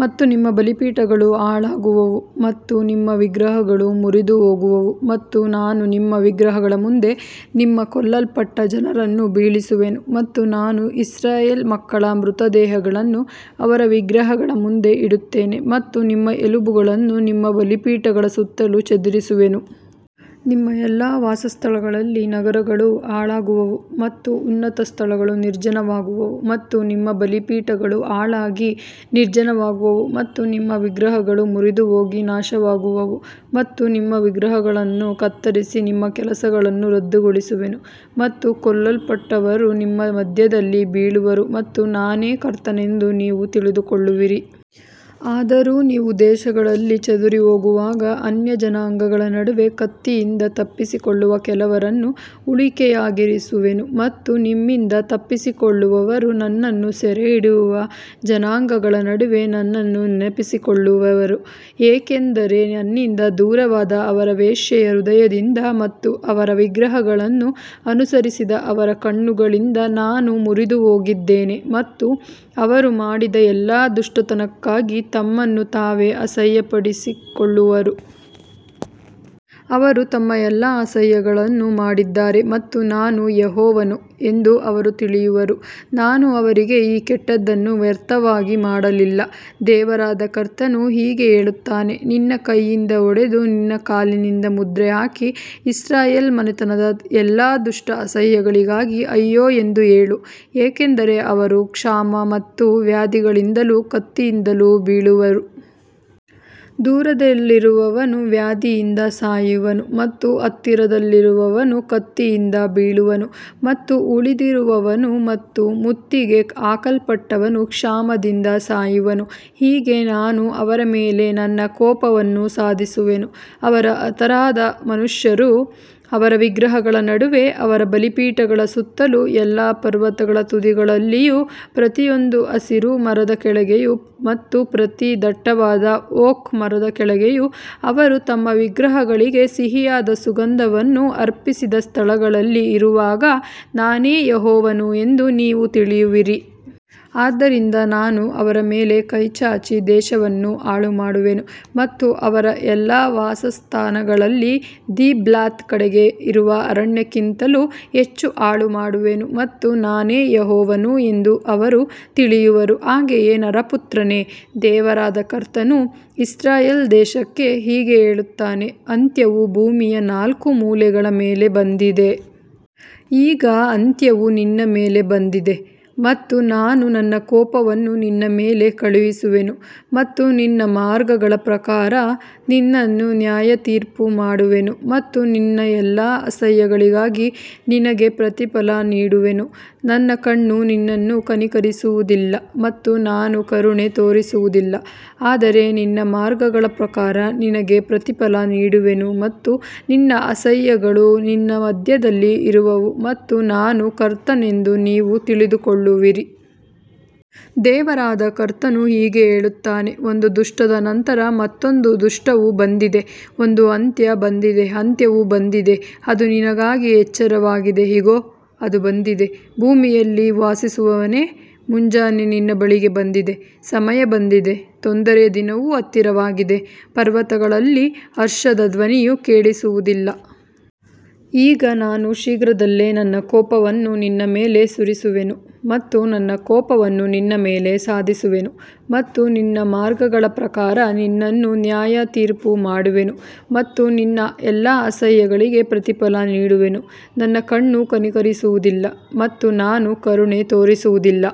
ಮತ್ತು ನಿಮ್ಮ ಬಲಿಪೀಠಗಳು ಹಾಳಾಗುವವು ಮತ್ತು ನಿಮ್ಮ ವಿಗ್ರಹಗಳು ಮುರಿದುಹೋಗುವವು ಮತ್ತು ನಾನು ನಿಮ್ಮ ವಿಗ್ರಹಗಳ ಮುಂದೆ ನಿಮ್ಮ ಕೊಲ್ಲಲ್ಪಟ್ಟ ಜನರನ್ನು ಬೀಳಿಸುವೆನು. ಮತ್ತು ನಾನು ಇಸ್ರಾಯೇಲ್ ಮಕ್ಕಳ ಮೃತ ದೇಹಗಳನ್ನು ಅವರ ವಿಗ್ರಹಗಳ ಮುಂದೆ ಇಡುತ್ತೇನೆ ಮತ್ತು ನಿಮ್ಮ ಎಲುಬುಗಳನ್ನು ನಿಮ್ಮ ಬಲಿಪೀಠಗಳ ಸುತ್ತಲೂ ಚದುರಿಸುವೆನು. ನಿಮ್ಮ ಎಲ್ಲಾ ವಾಸಸ್ಥಳಗಳಲ್ಲಿ ನಗರಗಳು ಹಾಳಾಗುವವು ಮತ್ತು ಉನ್ನತ ಸ್ಥಳಗಳು ನಿರ್ಜನವಾಗುವವು ಮತ್ತು ನಿಮ್ಮ ಬಲಿಪೀಠಗಳು ಹಾಳಾಗಿ ನಿರ್ಜನವಾಗುವವು ಮತ್ತು ನಿಮ್ಮ ವಿಗ್ರಹಗಳು ಮುರಿದುಹೋಗಿ ನಾಶವಾಗುವವು ಮತ್ತು ನಿಮ್ಮ ವಿಗ್ರಹಗಳನ್ನು ಕತ್ತರಿಸಿ ನಿಮ್ಮ ಕೆಲಸಗಳನ್ನು ರದ್ದುಗೊಳಿಸುವೆನು. ಮತ್ತು ಕೊಲ್ಲಲ್ಪಟ್ಟವರು ನಿಮ್ಮ ಮಧ್ಯದಲ್ಲಿ ಬೀಳುವರು ಮತ್ತು ನಾನೇ ಕರ್ತನೆಂದು ನೀವು ತಿಳಿದುಕೊಳ್ಳುವಿರಿ. ಆದರೂ ನೀವು ದೇಶಗಳಲ್ಲಿ ಚದುರಿಹೋಗುವಾಗ ಅನ್ಯಜನಾಂಗಗಳ ನಡುವೆ ಕತ್ತಿಯಿಂದ ತಪ್ಪಿಸಿಕೊಳ್ಳುವ ಕೆಲವರನ್ನು ಉಳಿಕೆಯಾಗಿರಿಸುವೆನು. ಮತ್ತು ನಿಮ್ಮಿಂದ ತಪ್ಪಿಸಿಕೊಳ್ಳುವವರು ನನ್ನನ್ನು ಸೆರೆಹಿಡಿಯುವ ಜನಾಂಗಗಳ ನಡುವೆ ನನ್ನನ್ನು ನೆನಪಿಸಿಕೊಳ್ಳುವರು, ಏಕೆಂದರೆ ನನ್ನಿಂದ ದೂರವಾದ ಅವರ ವೇಶ್ಯೆಯ ಹೃದಯದಿಂದ ಮತ್ತು ಅವರ ವಿಗ್ರಹಗಳನ್ನು ಅನುಸರಿಸಿದ ಅವರ ಕಣ್ಣುಗಳಿಂದ ನಾನು ಮುರಿದುಹೋಗಿದ್ದೇನೆ ಮತ್ತು ಅವರು ಮಾಡಿದ ಎಲ್ಲಾ ದುಷ್ಟತನಕ್ಕಾಗಿ ತಮ್ಮನ್ನು ತಾವೇ ಅಸಹ್ಯಪಡಿಕೊಳ್ಳುವರು. ಅವರು ತಮ್ಮ ಎಲ್ಲಾ ಅಸಹ್ಯಗಳನ್ನು ಮಾಡಿದ್ದಾರೆ ಮತ್ತು ನಾನು ಯೆಹೋವನು ಎಂದು ಅವರು ತಿಳಿಯುವರು, ನಾನು ಅವರಿಗೆ ಈ ಕೆಟ್ಟದ್ದನ್ನು ವ್ಯರ್ಥವಾಗಿ ಮಾಡಲಿಲ್ಲ. ದೇವರಾದ ಕರ್ತನು ಹೀಗೆ ಹೇಳುತ್ತಾನೆ, ನಿನ್ನ ಕೈಯಿಂದ ಹೊಡೆದು ನಿನ್ನ ಕಾಲಿನಿಂದ ಮುದ್ರೆ ಹಾಕಿ, ಇಸ್ರಾಯೇಲ್ ಮನೆತನದ ಎಲ್ಲಾ ದುಷ್ಟ ಅಸಹ್ಯಗಳಿಗಾಗಿ ಅಯ್ಯೋ ಎಂದು ಹೇಳು, ಏಕೆಂದರೆ ಅವರು ಕ್ಷಾಮ ಮತ್ತು ವ್ಯಾಧಿಗಳಿಂದಲೂ ಕತ್ತಿಯಿಂದಲೂ ಬೀಳುವರು. ದೂರದಲ್ಲಿರುವವನು ವ್ಯಾಧಿಯಿಂದ ಸಾಯುವನು ಮತ್ತು ಹತ್ತಿರದಲ್ಲಿರುವವನು ಕತ್ತಿಯಿಂದ ಬೀಳುವನು ಮತ್ತು ಉಳಿದಿರುವವನು ಮತ್ತು ಮುತ್ತಿಗೆ ಹಾಕಲ್ಪಟ್ಟವನು ಕ್ಷಾಮದಿಂದ ಸಾಯುವನು, ಹೀಗೆ ನಾನು ಅವರ ಮೇಲೆ ನನ್ನ ಕೋಪವನ್ನು ಸಾಧಿಸುವೆನು. ಅವರ ಹತರಾದ ಮನುಷ್ಯರು ಅವರ ವಿಗ್ರಹಗಳ ನಡುವೆ, ಅವರ ಬಲಿಪೀಠಗಳ ಸುತ್ತಲೂ, ಎಲ್ಲಾ ಪರ್ವತಗಳ ತುದಿಗಳಲ್ಲಿಯೂ, ಪ್ರತಿಯೊಂದು ಹಸಿರು ಮರದ ಕೆಳಗೆಯೂ ಮತ್ತು ಪ್ರತಿ ದಟ್ಟವಾದ ಓಕ್ ಮರದ ಕೆಳಗೆಯೂ ಅವರು ತಮ್ಮ ವಿಗ್ರಹಗಳಿಗೆ ಸಿಹಿಯಾದ ಸುಗಂಧವನ್ನು ಅರ್ಪಿಸಿದ ಸ್ಥಳಗಳಲ್ಲಿ ಇರುವಾಗ, ನಾನೇ ಯೆಹೋವನು ಎಂದು ನೀವು ತಿಳಿಯುವಿರಿ. ಆದ್ದರಿಂದ ನಾನು ಅವರ ಮೇಲೆ ಕೈಚಾಚಿ ದೇಶವನ್ನು ಹಾಳುಮಾಡುವೆನು ಮತ್ತು ಅವರ ಎಲ್ಲಾ ವಾಸಸ್ಥಾನಗಳಲ್ಲಿ ದಿಬ್ಲಾತ್ ಕಡೆಗೆ ಇರುವ ಅರಣ್ಯಕ್ಕಿಂತಲೂ ಹೆಚ್ಚು ಹಾಳುಮಾಡುವೆನು ಮತ್ತು ನಾನೇ ಯೆಹೋವನು ಎಂದು ಅವರು ತಿಳಿಯುವರು. ಹಾಗೆಯೇ ನರಪುತ್ರನೇ, ದೇವರಾದ ಕರ್ತನು ಇಸ್ರಾಯೇಲ್ ದೇಶಕ್ಕೆ ಹೀಗೆ ಹೇಳುತ್ತಾನೆ, ಅಂತ್ಯವು ಭೂಮಿಯ ನಾಲ್ಕು ಮೂಲೆಗಳ ಮೇಲೆ ಬಂದಿದೆ. ಈಗ ಅಂತ್ಯವು ನಿನ್ನ ಮೇಲೆ ಬಂದಿದೆ ಮತ್ತು ನಾನು ನನ್ನ ಕೋಪವನ್ನು ನಿನ್ನ ಮೇಲೆ ಕಳುಹಿಸುವೆನು ಮತ್ತು ನಿನ್ನ ಮಾರ್ಗಗಳ ಪ್ರಕಾರ ನಿನ್ನನ್ನು ನ್ಯಾಯತೀರ್ಪು ಮಾಡುವೆನು ಮತ್ತು ನಿನ್ನ ಎಲ್ಲಾ ಅಸಹ್ಯಗಳಿಗಾಗಿ ನಿನಗೆ ಪ್ರತಿಫಲ ನೀಡುವೆನು. ನನ್ನ ಕಣ್ಣು ನಿನ್ನನ್ನು ಕನಿಕರಿಸುವುದಿಲ್ಲ ಮತ್ತು ನಾನು ಕರುಣೆ ತೋರಿಸುವುದಿಲ್ಲ, ಆದರೆ ನಿನ್ನ ಮಾರ್ಗಗಳ ಪ್ರಕಾರ ನಿನಗೆ ಪ್ರತಿಫಲ ನೀಡುವೆನು ಮತ್ತು ನಿನ್ನ ಅಸಹ್ಯಗಳು ನಿನ್ನ ಮಧ್ಯದಲ್ಲಿ ಇರುವವು ಮತ್ತು ನಾನು ಕರ್ತನೆಂದು ನೀವು ತಿಳಿದುಕೊಳ್ಳುವಿರಿ. ದೇವರಾದ ಕರ್ತನು ಹೀಗೆ ಹೇಳುತ್ತಾನೆ, ಒಂದು ದುಷ್ಟದ ನಂತರ ಮತ್ತೊಂದು ದುಷ್ಟವು ಬಂದಿದೆ, ಒಂದು ಅಂತ್ಯ ಬಂದಿದೆ, ಅಂತ್ಯವು ಬಂದಿದೆ, ಅದು ನಿನಗಾಗಿ ಎಚ್ಚರವಾಗಿದೆ, ಇಗೋ, ಅದು ಬಂದಿದೆ. ಭೂಮಿಯಲ್ಲಿ ವಾಸಿಸುವವನೇ, ಮುಂಜಾನೆ ನಿನ್ನ ಬಳಿಗೆ ಬಂದಿದೆ, ಸಮಯ ಬಂದಿದೆ, ತೊಂದರೆಯ ದಿನವು ಹತ್ತಿರವಾಗಿದೆ, ಪರ್ವತಗಳಲ್ಲಿ ಹರ್ಷದ ಧ್ವನಿಯು ಕೇಳಿಸುವುದಿಲ್ಲ. ಈಗ ನಾನು ಶೀಘ್ರದಲ್ಲೇ ನನ್ನ ಕೋಪವನ್ನು ನಿನ್ನ ಮೇಲೆ ಸುರಿಸುವೆನು ಮತ್ತು ನನ್ನ ಕೋಪವನ್ನು ನಿನ್ನ ಮೇಲೆ ಸಾಧಿಸುವೆನು ಮತ್ತು ನಿನ್ನ ಮಾರ್ಗಗಳ ಪ್ರಕಾರ ನಿನ್ನನ್ನು ನ್ಯಾಯತೀರ್ಪು ಮಾಡುವೆನು ಮತ್ತು ನಿನ್ನ ಎಲ್ಲಾ ಅಸಹ್ಯಗಳಿಗೆ ಪ್ರತಿಫಲ ನೀಡುವೆನು. ನನ್ನ ಕಣ್ಣು ಕನಿಕರಿಸುವುದಿಲ್ಲ ಮತ್ತು ನಾನು ಕರುಣೆ ತೋರಿಸುವುದಿಲ್ಲ.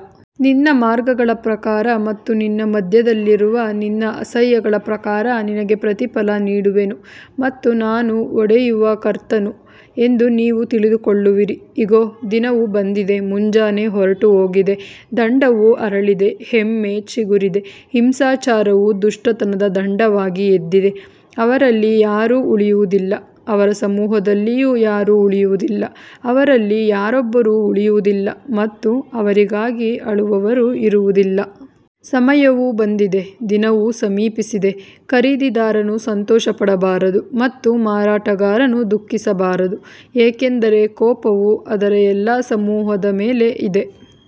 ನಿನ್ನ ಮಾರ್ಗಗಳ ಪ್ರಕಾರ ಮತ್ತು ನಿನ್ನ ಮಧ್ಯದಲ್ಲಿರುವ ನಿನ್ನ ಅಸಹ್ಯಗಳ ಪ್ರಕಾರ ನಿನಗೆ ಪ್ರತಿಫಲ ನೀಡುವೆನು ಮತ್ತು ನಾನು ಹೊಡೆಯುವ ಕರ್ತನು ಎಂದು ನೀವು ತಿಳಿದುಕೊಳ್ಳುವಿರಿ. ಇಗೋ, ದಿನವು ಬಂದಿದೆ, ಮುಂಜಾನೆ ಹೊರಟುಹೋಗಿದೆ, ದಂಡವು ಅರಳಿದೆ, ಹೆಮ್ಮೆ ಚಿಗುರಿದೆ. ಹಿಂಸಾಚಾರವು ದುಷ್ಟತನದ ದಂಡವಾಗಿ ಎದ್ದಿದೆ. ಅವರಲ್ಲಿ ಯಾರೂ ಉಳಿಯುವುದಿಲ್ಲ, ಅವರ ಸಮೂಹದಲ್ಲಿಯೂ ಯಾರೂ ಉಳಿಯುವುದಿಲ್ಲ, ಅವರಲ್ಲಿ ಯಾರೊಬ್ಬರೂ ಉಳಿಯುವುದಿಲ್ಲ ಮತ್ತು ಅವರಿಗಾಗಿ ಅಳುವವರೂ ಇರುವುದಿಲ್ಲ. ಸಮಯವು ಬಂದಿದೆ, ದಿನವು ಸಮೀಪಿಸಿದೆ, ಖರೀದಿದಾರನು ಸಂತೋಷಪಡಬಾರದು ಮತ್ತು ಮಾರಾಟಗಾರನು ದುಃಖಿಸಬಾರದು, ಏಕೆಂದರೆ ಕೋಪವು ಅದರ ಎಲ್ಲಾ ಸಮೂಹದ ಮೇಲೆ ಇದೆ.